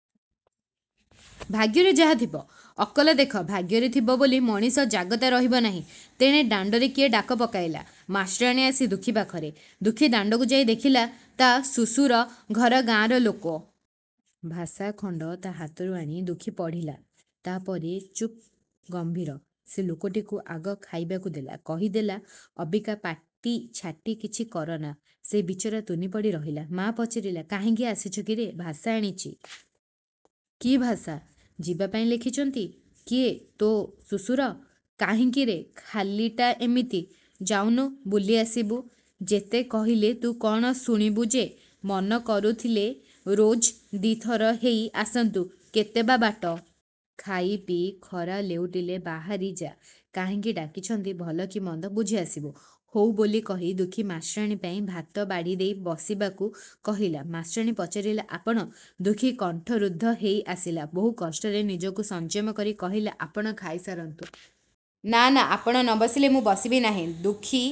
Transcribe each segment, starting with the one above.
' ''ଭାଗ୍ୟରେ ଯାହା ଥିବ। '' ''ଅକଲ ଦେଖ। ଭାଗ୍ୟରେ ଥିବ ବୋଲି ମଣିଷ ଜାଗତା ରହିବ ନାହିଁ। '' ତେଣେ ଦାଣ୍ଡରେ କିଏ ଡାକ ପକେଇଲା। ମାଷ୍ଟରାଣୀ ଆସି ଦୁଃଖୀ ପାଖରେ। ଦୁଃଖୀ ଦାଣ୍ଡକୁ ଯାଇ ଦେଖିଲା, ତା' ଶୁଶୁର ଘର ଗାଁର ଲୋକ। ଭାଷା ଖଣ୍ଡ ତା' ହାତରୁ ଆଣି ଦୁଃଖୀ ପଢ଼ିଲା। ତା'ପରେ ଚୁପ୍ଗ ମ୍ଭୀର। ସେ ଲୋକଟିକୁ ଆଗ ଖାଇବାକୁ ଦେଲା। କହିଦେଲା ଅବିକା ପାଟି ଛାଟି କିଛି କରନା। ସେ ବିଚରା ତୁନି ପଡ଼ି ରହିଲା। ମା ପଚାରିଲା ''କାହିଁକି ଆସିଚ କିରେ? '' ''ଭାଷା ଆଣିଚି। '' ''କି ଭାଷା? '' ''ଯିବାପାଇଁ ଲେଖିଚନ୍ତି। '' ''କିଏ ତୋ ଶୁଶୁର? କାହିଁକିରେ? '' ''ଖାଲିଟା ଏମିତି। '' ''ଯାଉନୁ'' ବୁଲି ଆସିବୁ। ଯେତେ କହିଲେ ତୁ କ'ଣ ଶୁଣିବୁ ଯେ! ମନ କରୁଥିଲେ ରୋଜ୍ ଦି'ଥର ହେଇ ଆସନ୍ତୁ କେତେ ବା ବାଟ। ଖାଇପିଇ ଖରା ଲେଉଟିଲେ ବାହାରି ଯାକାହିଁକି ଡାକିଛନ୍ତି ଭଲ କି ମନ୍ଦ ବୁଝି ଆସିବୁ। '' 'ହୋଉ' ବୋଲି କହି ଦୁଃଖୀ ମାଷ୍ଟରାଣୀ ପାଇଁ ଭାତ ବାଢ଼ି ଦେଇ ବସିବାକୁ କହିଲା। ମାଷ୍ଟରାଣୀ ପଚାରିଲା 'ଆପଣ? ' ଦୁଃଖୀ କଣ୍ଠରୁଦ୍ଧ ହେଇ ଆସିଲା। ବହୁକଷ୍ଟରେ ନିଜକୁ ସଂଯମ କରି କହିଲା 'ଆପଣ ଖାଇସାରନ୍ତୁ। ' 'ନା ନା ଆପଣ ନ ବସିଲେ ମୁଁ ବସିବି ନାହିଁ। '' ଦୁଃଖୀ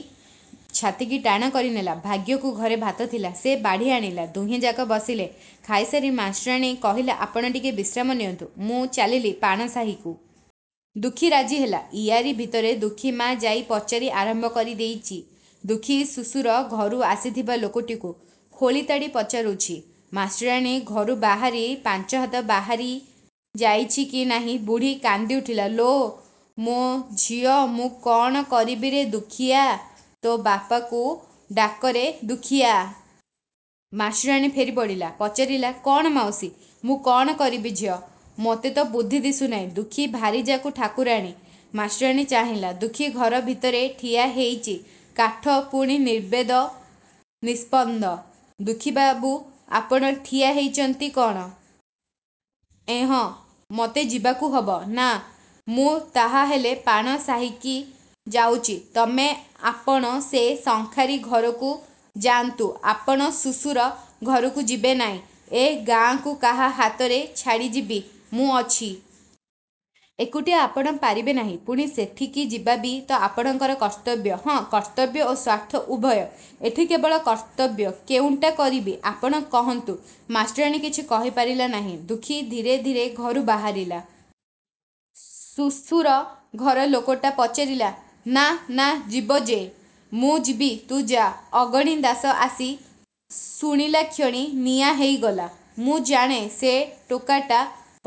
ଛାତିକି ଟାଣ କରିନେଲା। ଭାଗ୍ୟକୁ ଘରେ ଭାତ ଥିଲା। ସେ ବାଢ଼ି ଆଣିଲା। ଦୁହେଁଯାକ ବସିଲେ। ଖାଇସାରି ମାଷ୍ଟରାଣୀ କହିଲା ଆପଣ ଟିକେ ବିଶ୍ରାମ ନିଅନ୍ତୁ। ମୁଁ ଚାଲିଲି ପାଣ ସାହିକୁ। ଦୁଃଖୀ ରାଜିହେଲା। ଇୟାରି ଭିତରେ ଦୁଃଖୀ ମା ଯାଇ ପଚାରି ଆରମ୍ଭ କରି ଦେଇଚି, ଦୁଃଖୀ ଶୁଶୁର ଘରୁ ଆସିଥିବା ଲୋକଟିକୁ। ଖୋଳି ତାଡ଼ି ପଚାରୁଛି। ମାଷ୍ଟରାଣୀ ଘରୁ ବାହାରି ପାଞ୍ଚହାତ ବାହାରି ଯାଇଛି କି ନାହିଁ, ବୁଢ଼ୀ କାନ୍ଦିଉଠିଲା ''ଲୋ ମୋ ଝିଅ ମୁଁ କ'ଣ କରିବିରେ ଦୁଃଖୀଆ ତୋ ବାପକୁ ଡାକରେ ଦୁଃଖିଆ। '' ମାଷ୍ଟରାଣୀ ଫେରି ପଡ଼ିଲା। ପଚାରିଲା 'କ'ଣ ମାଉସୀ? '' 'ମୁଁ କ'ଣ କରିବି ଝିଅ? ମୋତେ ତ ବୁଦ୍ଧି ଦିଶୁନାହିଁ। ଦୁଃଖୀ ଭାରିଯାକୁ ଠାକୁରାଣୀ '। ମାଷ୍ଟରାଣୀ ଚାହିଁଲା। ଦୁଃଖୀ ଘର ଭିତରେ ଠିଆ ହେଇଚି କାଠ ପୁଣି ନିର୍ବେଦ ନିସ୍ପନ୍ଦ । ''ଦୁଃଖୀବାବୁ ଆପଣ ଠିଆ ହେଇଚନ୍ତି କ'ଣ? ' ''ଏହଁ। ମୋତେ ଯିବାକୁ ହବ, ନା? ମୁଁ ତାହାହେଲେ ପାଣ ସାହିକି ଯାଉଚି ତମେ ଆପଣ ସେ ଶଙ୍ଖାରି ଘରକୁ ଯାଆନ୍ତୁ। '' ''ଆପଣ ଶୁଶୁର ଘରକୁ ଯିବେ ନାଇଁ? '' ''ଏ ଗାଁକୁ କାହା ହାତରେ ଛାଡ଼ି ଯିବି? '' ''ମୁଁ ଅଛି। '' ''ଏକୁଟିଆ ଆପଣ ପାରିବେ ନାହିଁ। '' ''ପୁଣି ସେଠିକି ଯିବାବି ତ ଆପଣଙ୍କର କର୍ତ୍ତବ୍ୟ। '' ''ହଁ, କର୍ତ୍ତବ୍ୟ ଓ ସ୍ୱାର୍ଥ ଉଭୟ। ଏଠି କେବଳ କର୍ତ୍ତବ୍ୟ। କେଉଁଟା କରିବି? ଆପଣ କହନ୍ତୁ। '' ମାଷ୍ଟରାଣୀ କିଛି କହିପାରିଲା ନାହିଁ। ଦୁଃଖୀ ଧୀରେ ଧୀରେ ଘରୁ ବାହାରିଲା। ଶୁଶୁର ଘର ଲୋକଟା ପଚାରିଲା ''ନା ନା ଯିବ ଯେ। '' ''ମୁଁ ଯିବି, ତୁ ଯା। '' ଅଗଣିଦାଶ ଆସି ଶୁଣିଲାକ୍ଷଣି ନିଆଁ ହେଇଗଲା। ''ମୁଁ ଜାଣେ ସେ ଟୋକାଟା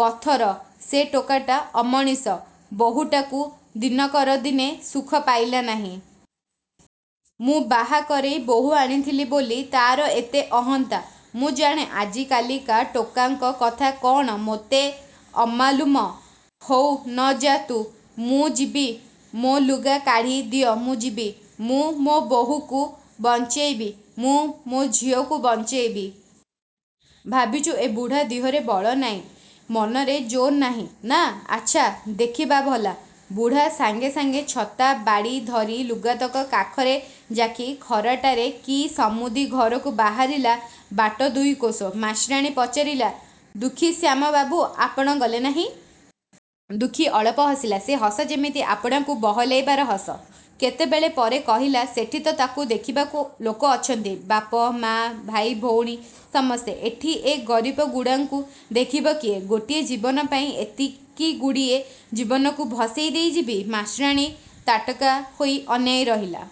ପଥର ସେ ଟୋକାଟା ଅମଣିଷ। ବହୂଟାକୁ ଦିନକର ଦିନେ ସୁଖ ପାଇଲା ନାହିଁ। ମୁଁ ବାହା କରେଇ ବୋହୂ ଆଣିଥିଲି ବୋଲି ତା'ର ଏତେ ଅହନ୍ତା। ମୁଁ ଜାଣେ। ଆଜିକାଲିକା ଟୋକାଙ୍କ କଥା କ'ଣ ମୋତେ ଅମାଲୁମ? ହୋଉ ନ ଯା' ତୁ! ମୁଁ ଯିବି ମୋ ଲୁଗା କାଢ଼ି ଦିଅ ମୁଁ ଯିବି। ମୁଁ ମୋ ବୋହୂକୁ ବଞ୍ଚେଇବି ମୁଁ ମୋ ଝିଅକୁ ବଞ୍ଚେଇବି। ଭାବିଚୁ ଏ ବୁଢ଼ା ଦିହରେ ବଳ ନାହିଁ ମନରେ ଜୋର୍ ନାହିଁ ନା? ଆଚ୍ଛା, ଦେଖିବା ଭଲା। '' ବୁଢ଼ା ସାଙ୍ଗେ ସାଙ୍ଗେ ଛତା ବାଡ଼ି ଧରି ଲୁଗାତକ କାଖରେ ଯାକି ଖରାଟାରେ କି ସମୁଦିଘରକୁ ବାହାରିଲା ବାଟ ଦୁଇକୋଶ। ମାଷ୍ଟରାଣୀ ପଚାରିଲା ''ଦୁଃଖୀଶ୍ୟାମବାବୁ, ଆପଣ ଗଲେ ନାହିଁ? '' ଦୁଃଖୀ ଅଳପ ହସିଲା। ସେ ହସ ଯେମିତି ଆପଣାକୁ ବହଲେଇବାର ହସ। କେତେବେଳ ପରେ କହିଲା 'ସେଠିତ ତାକୁ ଦେଖିବାକୁ ଲୋକ ଅଛନ୍ତି ବାପ ମା, ଭାଇଭଉଣୀ ସମସ୍ତେ। ଏଠି ଏ ଗରିବଗୁଡ଼ାଙ୍କୁ ଦେଖିବ କିଏ? ଗୋଟିଏ ଜୀବନପାଇଁ ଏତିକିଗୁଡ଼ିଏ ଜୀବନକୁ ଭସେଇ ଦେଇ ଯିବି? '' ମାଷ୍ଟରାଣୀ ତାଟକା ହୋଇ ଅନେଇ ରହିଲା।